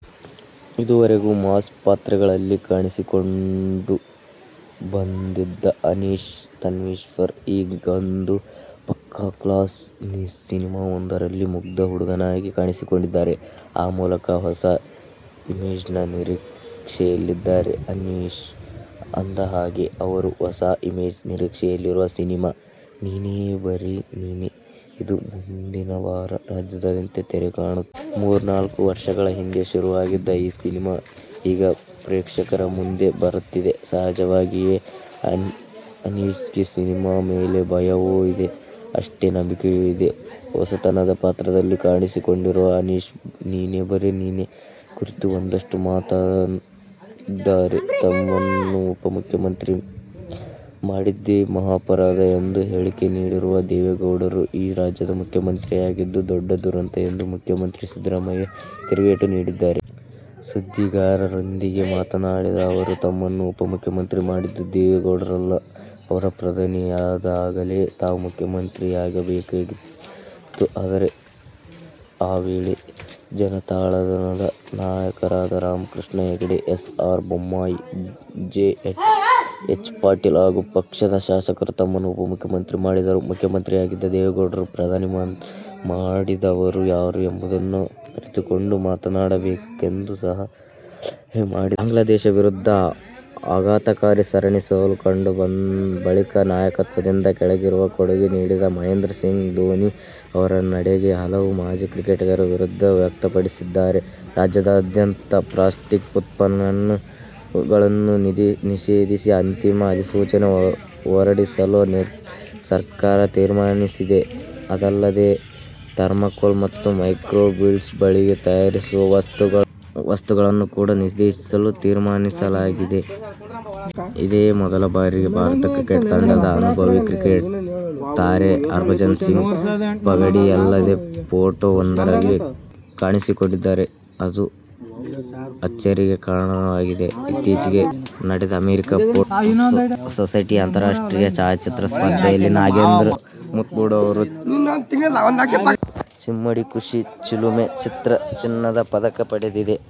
ಇದುವರೆಗೂ ಮಾಸ್ ಪಾತ್ರಗಳಲ್ಲೇ ಕಾಣಿಸಿಕೊಂಡು ಬಂದಿದ್ದ ಅನೀಶ್ ತೇಜಶ್ವರ್, ಹೀಗೊಂದು ಪಕ್ಕಾ ಕ್ಲಾಸ್ ಸಿನಿಮಾವೊಂದರಲ್ಲಿ ಮುಗ್ಧ ಹುಡುಗನಾಗಿ ಕಾಣಿಸಿಕೊಂಡಿದ್ದಾರೆ. ಆ ಮೂಲಕ ಹೊಸ ಇಮೇಜ್ನ ನಿರೀಕ್ಷೆಯಲ್ಲಿದ್ದಾರೆ ಅನೀಶ್. ಅಂದಹಾಗೆ, ಅವರು ಹೊಸ ಇಮೇಜ್ ನಿರೀಕ್ಷೆಯಲ್ಲಿರುವ ಸಿನಿಮಾ "ನೀನೇ ಬರಿ ನೀನೆ'. ಇದು ಮುಂದಿನವಾರ ರಾಜ್ಯಾದ್ಯಂತ ತೆರೆ ಕಾಣುತ್ತಿದೆ. ಮೂರ್ನಾಲ್ಕು ವರ್ಷಗಳ ಹಿಂದೆ ಶುರುವಾಗಿದ್ದ ಈ ಸಿನಿಮಾ, ಈಗ ಪ್ರೇಕ್ಷಕರ ಮುಂದೆ ಬರುತ್ತಿದೆ. ಸಹಜವಾಗಿಯೇ, ಅನೀಶ್ಗೆ ಸಿನಿಮಾ ಮೇಲೆ ಭಯವೂ ಇದೆ, ಅಷ್ಟೇ ನಂಬಿಕೆಯೂ ಇದೆ. ಹೊಸತನದ ಪಾತ್ರದಲ್ಲಿ ಕಾಣಿಸಿಕೊಂಡಿರುವ ಅನೀಶ್, "ನೀನೇ ಬರಿ ನೀನೆ' ಕುರಿತು ಒಂದಷ್ಟು ಮಾತಾಡಿದ್ದಾರೆ. ತಮ್ಮನ್ನು ಉಪಮುಖ್ಯಮಂತ್ರಿ ಮಾಡಿದ್ದೆ ಮಹಾಪರಾಧ ಎಂದು ಹೇಳಿಕೆ ನೀಡಿರುವ ದೇವೇಗೌಡರು ಈ ರಾಜ್ಯದ ಮುಖ್ಯಮಂತ್ರಿಯಾಗಿದ್ದು ದೊಡ್ಡ ದುರಂತ ಎಂದು ಮುಖ್ಯಮಂತ್ರಿ ಸಿದ್ದರಾಮಯ್ಯ ತಿರುಗೇಟು ನೀಡಿದ್ದಾರೆ. ಸುದ್ದಿಗಾರರೊಂದಿಗೆ ಮಾತನಾಡಿದ ಅವರು, ತಮ್ಮನ್ನು ಉಪಮುಖ್ಯಮಂತ್ರಿ ಮಾಡಿದ್ದು ದೇವೇಗೌಡರಲ್ಲ. ಅವರು ಪ್ರಧಾನಿಯಾದಾಗಲೇ ತಾವು ಮುಖ್ಯಮಂತ್ರಿಯಾಗಬೇಕಿತ್ತು. ಆದರೆ ಆ ವೇಳೆ ಜನತಾದಳದ ನಾಯಕರಾದ Ramakrishna Hegde, S. R. Bommai, J. H. Patel ಹಾಗೂ ಪಕ್ಷದ ಶಾಸಕರು ತಮ್ಮನ್ನು ಉಪಮುಖ್ಯಮಂತ್ರಿ ಮಾಡಿದರು. ಮುಖ್ಯಮಂತ್ರಿಯಾಗಿದ್ದ ದೇವೇಗೌಡರನ್ನು ಪ್ರಧಾನಿ ಮಾಡಿದವರು ಯಾರು ಎಂಬುದನ್ನು ಅರಿತುಕೊಂಡು ಮಾತನಾಡಬೇಕೆಂದು ಸಲಹೆ ಮಾಡಿದರು. ಬಾಂಗ್ಲಾದೇಶ ವಿರುದ್ಧ ಆಘಾತಕಾರಿ ಸರಣಿ ಸೋಲು ಕಂಡ ಬಳಿಕ ನಾಯಕತ್ವದಿಂದ ಕೆಳಗಿಳಿಯುವ ಕೊಡುಗೆ ನೀಡಿದ ಮಹೇಂದ್ರ ಸಿಂಗ್ ಧೋನಿ ಅವರ ನಡೆಗೆ ಹಲವು ಮಾಜಿ ಕ್ರಿಕೆಟಿಗರು ವಿರೋಧ ವ್ಯಕ್ತಪಡಿಸಿದ್ದಾರೆ. ರಾಜ್ಯಾದ್ಯಂತ ಪ್ಲಾಸ್ಟಿಕ್ ಉತ್ಪನ್ನಗಳನ್ನು ನಿಷೇಧಿಸಿ ಅಂತಿಮ ಅಧಿಸೂಚನೆ ಹೊರಡಿಸಲು ಸರ್ಕಾರ ತೀರ್ಮಾನಿಸಿದೆ. ಇದಲ್ಲದೆ, ಥರ್ಮಾಕೋಲ್ ಮತ್ತು ಮೈಕ್ರೋ ಬೀಡ್ಸ್ ಬಳಸಿ ತಯಾರಿಸುವ ವಸ್ತುಗಳನ್ನು ಕೂಡ ನಿಷೇಧಿಸಲು ತೀರ್ಮಾನಿಸಲಾಗಿದೆ. ಇದೇ ಮೊದಲ ಬಾರಿಗೆ ಭಾರತ ಕ್ರಿಕೆಟ್ ತಂಡದ ಅನುಭವಿ ಕ್ರಿಕೆಟ್ ತಾರೆ ಹರ್ಭಜನ್ ಸಿಂಗ್ ಪಗಡಿ ಇಲ್ಲದೆ ಫೋಟೋವೊಂದರಲ್ಲಿ ಕಾಣಿಸಿಕೊಂಡಿದ್ದಾರೆ. ಇದು ಅಚ್ಚರಿಗೆ ಕಾರಣವಾಗಿದೆ. ಇತ್ತೀಚೆಗೆ ನಡೆದ ಅಮೆರಿಕ ಫೋಟೋಗ್ರಫಿಕ್ ಸೊಸೈಟಿಯ ಅಂತಾರಾಷ್ಟ್ರೀಯ ಛಾಯಾಚಿತ್ರ ಸ್ಪರ್ಧೆಯಲ್ಲಿ ನಾಗೇಂದ್ರ ಮುತ್ಮುರ್ಡು ಅವರ "ಚಿಮ್ಮಿದ ಖುಷಿ ಚಿಲುಮೆ' ಚಿತ್ರ ಚಿನ್ನದ ಪದಕ ಪಡೆದಿದೆ.